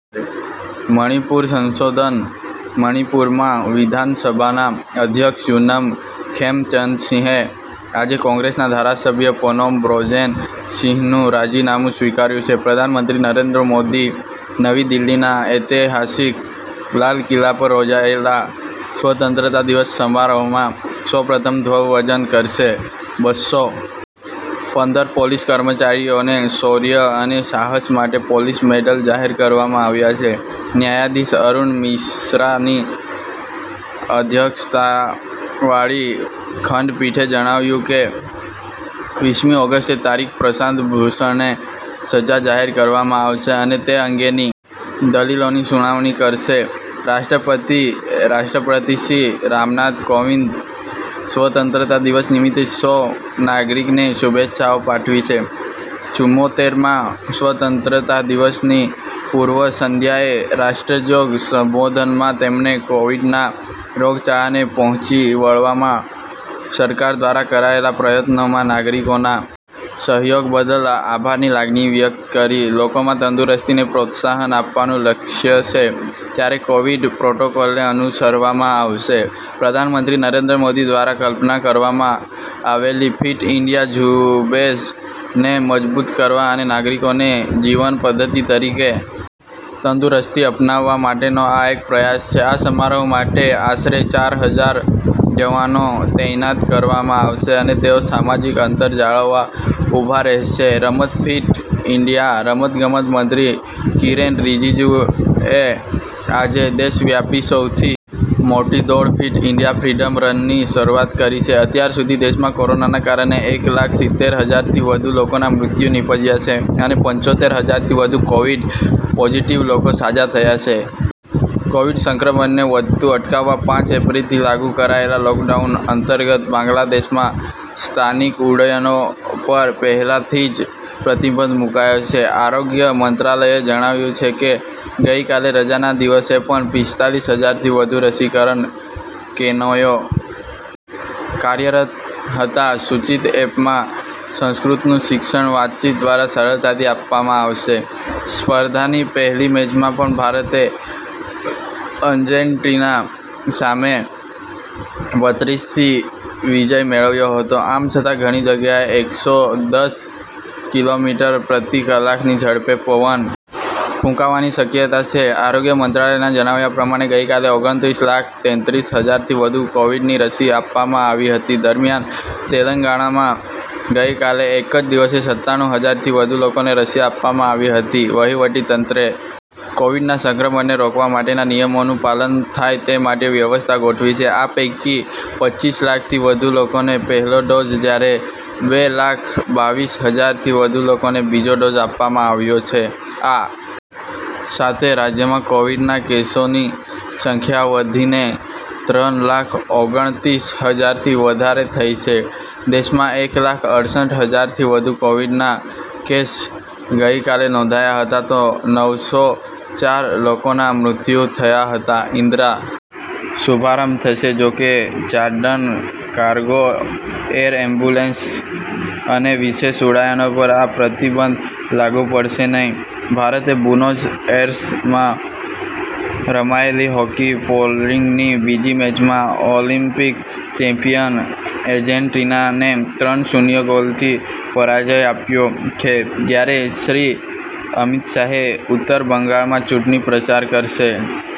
મણિપુરસંશોધન મણિપુરમાં વિધાનસભાના અધ્યક્ષ યૂનમ ખેમચંદસિંહે આજે કોંગ્રેસના ધારાસભ્ય પનોમ બ્રોજેન સિંહનું રાજીનામું સ્વીકાર્યું છે પ્રધાનમંત્રી નરેન્દ્ર મોદી નવી દિલ્હીના ઐતિહાસિક લાલ કિલ્લા પર યોજાયેલા સ્વતંત્રતા દિવસ સમારોહમાં સૌ પ્રથમ ધ્વવંદન કરશે બસ્સો પંદર પોલીસ કર્મચારીઓને શૌર્ય અને સાહસ માટે પોલીસ મેડલ જાહેર કરવામાં આવ્યા છે ન્યાયાધીશ અરૂણ મિશ્રાની અધ્યક્ષતાવાળી ખંડપીઠે જણાવ્યું કે વીસ મી ઓગસ્ટે તારીખે પ્રશાંત ભૂષણને સજા જાહેર કરવામાં આવશે અને તે અંગેની દલીલોની સુનાવણી કરશે રાષ્ટ્રપતિ રાષ્ટ્રપતિ શ્રી રામનાથ કોવિન્દ સ્વતંત્રતા દિવસ નિમિત્તે સૌ નાગરિકોને શુભેચ્છાઓ પાઠવી છે ચુમોતેર માં સ્વતંત્રતા દિવસની પૂર્વ સંધ્યાએ રાષ્ટ્રજોગ સંબોધનમાં તેમણે કોવિડના રોગચાળાને પહોચી વળવામાં સરકાર દ્વારા કરાયેલા પ્રયત્નોમાં નાગરિકોના સહયોગ બદલ આભારની લાગણી વ્યક્ત કરી લોકોમાં તંદુરસ્તીને પ્રોત્સાહન આપવાનું લક્ષ્ય છે ત્યારે કોવિડ પ્રોટોકોલને અનુસરવામાં આવશે પ્રધાનમંત્રી નરેન્દ્ર મોદી દ્વારા કલ્પના કરવામાં આવેલી ફીટ ઈન્ડિયા ઝુંબેશને મજબૂત કરવા અને નાગરિકોને જીવનપદ્ધતિ તરીકે તંદુરસ્તી અપનાવવા માટેનો આ એક પ્રયાસ છે આ સમારોહ માટે આશરે ચાર હજાર જવાનો તૈનાત કરવામાં આવશે અને તેઓ સામાજિક અંતર જાળવવા ઊભા રહેશે રમતફીટ ઈન્ડિયા રમતગમત મંત્રી કિરેન રિજિજુએ આજે દેશવ્યાપી સૌથી મોટી દોડ ફિટ ઇન્ડિયા ફ્રીડમ રનની શરૂઆત કરી છે અત્યાર સુધી દેશમાં કોરોનાના કારણે એક લાખ સિત્તેર હજારથી વધુ લોકોના મૃત્યુ નિપજ્યા છે અને પંચોતેર હજારથી વધુ કોવિડ પોઝિટિવ લોકો સાજા થયા છે કોવિડ સંક્રમણને વધતુ અટકાવવા પાંચ એપ્રિલથી લાગુ કરાયેલા લોકડાઉન અંતર્ગત બાંગ્લાદેશમાં સ્થાનિક ઉડ્ડયનો પર પહેલાથી જ પ્રતિબંધ મુકાયો છે આરોગ્ય મંત્રાલયે જણાવ્યું છે કે ગઈકાલે રજાના દિવસે પણ પિસ્તાલીસ હજારથી વધુ રસીકરણ કેનોયો કાર્યરત હતા સૂચિત એપમાં સંસ્કૃતનું શિક્ષણ વાતચીત દ્વારા સરળતાથી આપવામાં આવશે સ્પર્ધાની પહેલી મેચમાં પણ ભારતે અર્જેન્ટીના સામે બત્રીસથી વિજય મેળવ્યો હતો આમ છતાં ઘણી જગ્યાએ એક સો દસ કિલોમીટર પ્રતિકલાકની ઝડપે પવન ફૂંકાવાની શક્યતા છે આરોગ્ય મંત્રાલયના જણાવ્યા પ્રમાણે ગઈકાલે ઓગણત્રીસ લાખ તેત્રીસ હજારથી વધુ કોવિડની રસી આપવામાં આવી હતી દરમિયાન તેલંગાનામાં ગઈકાલે એક જ દિવસે સત્તાણું હજારથી વધુ લોકોને રસી આપવામાં આવી હતી વહિવટીતંત્રે કોવિડના સંક્રમણને રોકવા માટેના નિયમોનું પાલન થાય તે માટે વ્યવસ્થા ગોઠવી છે આ પૈકી પચ્ચીસ લાખથી વધુ લોકોને પહેલો ડોઝ જ્યારે બે લાખ બાવીસ હજારથી વધુ લોકોને બીજો ડોઝ આપવામાં આવ્યો છે આ સાથે રાજ્યમાં કોવિડના કેસોની સંખ્યા વધીને ત્રણ લાખ ઓગણત્રીસ હજારથી વધારે થઈ છે દેશમાં એક લાખ અડસઠ હજારથી વધુ કોવિડનાં કેસ ગઈકાલે નોંધાયા હતા તો નવ સો ચાર લોકોનાં મૃત્યુ થયાં હતાં ઈન્દિરા શુભારંભ થશે જોકે ચાર્ટડ કાર્ગો એર એમ્બુલન્સ અને વિશેષ ઉડાનો પર આ પ્રતિબંધ લાગુ પડશે નહીં ભારતે બુનોસ એર્સમાં રમાયેલી હોકી પ્રોલીગની બીજી મેચમાં ઓલમ્પીક ચેમ્પીયન અર્જેન્ટીનાને ત્રણ શૂન્ય ગોલથી પરાજય આપ્યો છે જયારે શ્રી અમિત શાહે ઉત્તર બંગાળમાં ચૂંટણી પ્રચાર કરશે.